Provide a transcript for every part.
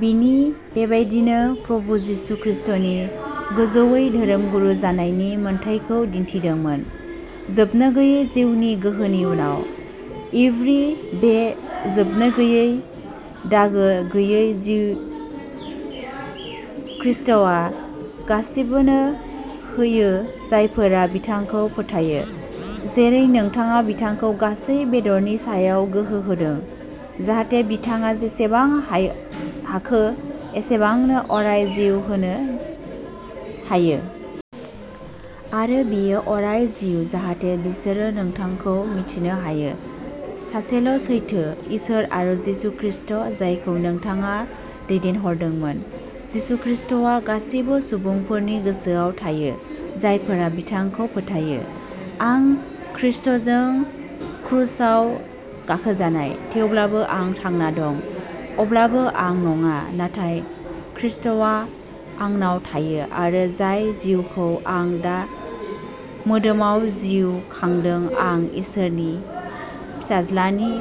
बिनि बेबादिनो प्रभु जिसु ख्रीष्टनि गोजौ धोरोमगुरु जानायनि मोनथायखौ दिन्थिदोंमोन जोबनो गैयै जिउनि गोहोनि उनाव। इब्री बे जोबनो गैयै, दागो गैयै जिउ खृष्टआ गासिबोनो होयो जायफोरा बिथांखौ फोथायो। जेरै नोंथाङा बिथांखौ गासै बेदरनि सायाव गोहो होदों, जाहाथे नोंथाङा जेसेबां होखो एसेबांनो अराय जिउ होनो हायो। आरो बेयो अराय जिउ, जाहाथे बिसोरो नोंखौ मिथिनो हायो, सासेल'सैथो इसोर आरो जिसु ख्रीष्ट जायखौ नोंथाङा दैथायहरदोंमोन। ख्रीष्टआ गासिबो सुबुंफोरनि गोसोआव थायो जायफोरा बिथांखौ फोथायो। आं खृष्टजों क्रुसाव गाखोजानाय थेवब्लाबो आं थांना दं अब्लाबो आं नङा, नाथाय खृष्टआ आंनाव थायो आरो जाय जिउखौ आं दा मोदोमाव जिउ खांदों आं इसोरनि फिसाज्लानि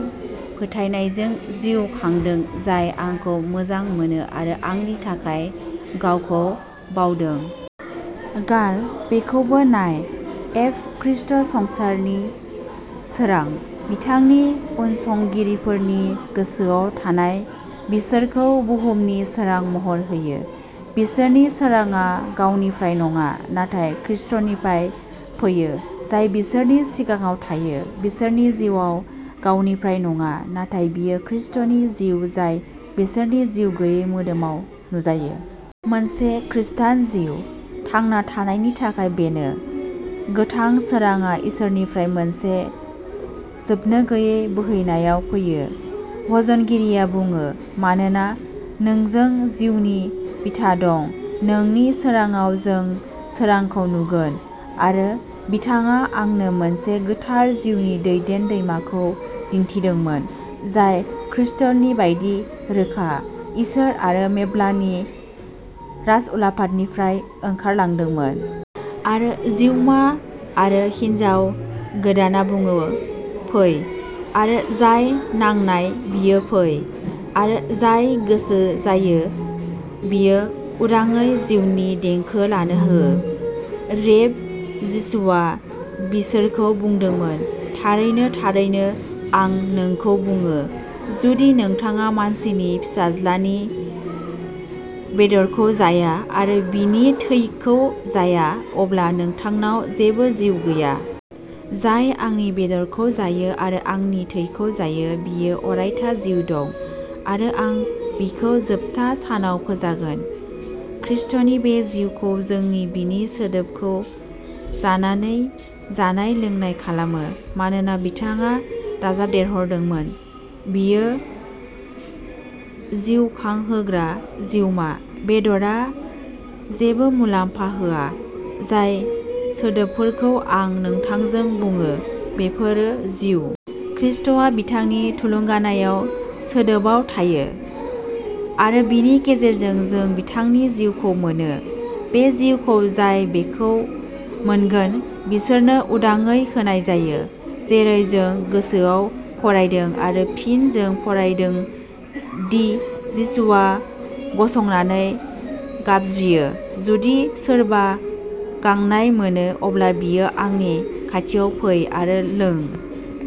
फोथायनायजों जिउ खांदों जाय आंखौ मोजां मोनो, आरो आंनि थाखाय गावखौ बाउदों। गाल बेखौबो नाय एफ ख्रीष्ट, संसारनि सोरां, बिथांनि उनसंगिरिफोरनि गोसोयाव थानाय, बिसोरखौ बुहुमनि सोरां महर होयो। बिसोरनि सोरांआ गावनिफ्राय नङा, नाथाय ख्रीष्टनिफ्राय फैयो, जाय बिसोरनि सिङाव थायो। बिसोरनि जिउआ गावनिफ्राय नङा, नाथाय बेयो ख्रीष्टनि जिउ जाय बिसोरनि जिउ गैयै मोदोमाव नुजायो। मोनसे खृष्टान जिउ थांना थानायनि थाखाय बेनो। गोथां सोरांआ इसोरनिफ्राय मोनसे जोबनोगैयै बोहैनायाव फैयो। भजनगिरिआ बुङो मानोना नोंजों जिउनि बिथा दं नोंनि सोराङाव जों सोरांखौ नुगोन आरो बिथाङा आंनो मोनसे गोथार जिउनि दैनि दैमाखौ दिन्थिदोंमोन, जाय क्रिस्टलनि बायदि रोखा, इसोर आरो लेम्बनि राजउलाफादनिफ्राय ओंखारलांदोंमोन। आरो जिउमा आरो हिन्जाव गोदानआ बुङो, फै। आरो जाय गांनाय, बियो फै। आरो जाय गोसो जायो, बियो उदांयै जिउनि दैखौ लानो हो। रेभ जिसुआ बिसोरखौ बुंदोंमोन, थारैनो, थारैनो आं नोंखौ बुङो, जुदि नोंथाङा मानसिनि फिसाज्लानि बेदरखौ जाया आरो बिनि थैखौ जाया, अब्ला नोंथांनाव जेबो जिउ गैया। जाय आंनि बेदरखौ जायो आरो आंनि थैखौ जायो, बियो अरायथा जिउ दं आरो आं बिखौ जोबथा सानाव फोजागोन। ख्रीष्टनि बे जिउखौ जों बिनि सोदोबखौ जानानै जानाय लोंनाय खालामो, मानोना बिथाङा दाजाबदेरदोंमोन, बेयो जिउखांहोग्रा जिउमा बेदरआ जेबो मुलाम्फा होआ जाय सोदोबफोरखौ आं नोंथांजों बुङो, बेफोरो जिउ। ख्रीष्टआ बिथांनि थुलुंगानाय सोदोबआव थायो, आरो बेनि गेजेरजों जों बिथांनि जिउखौ मोनो। बे जिउखौ जाय बेखौ मोनगोन, बिसोरनो उदांयै होनाय जायो, जेरै जों गोजौआव फरायदों आरो फिन जों फरायदों दि जिसुआ गसंनानै गाबज्रियो जुदि सोरबा गांनाय मोनो, अब्ला बियो आंनि खाथियाव फै आरो लों।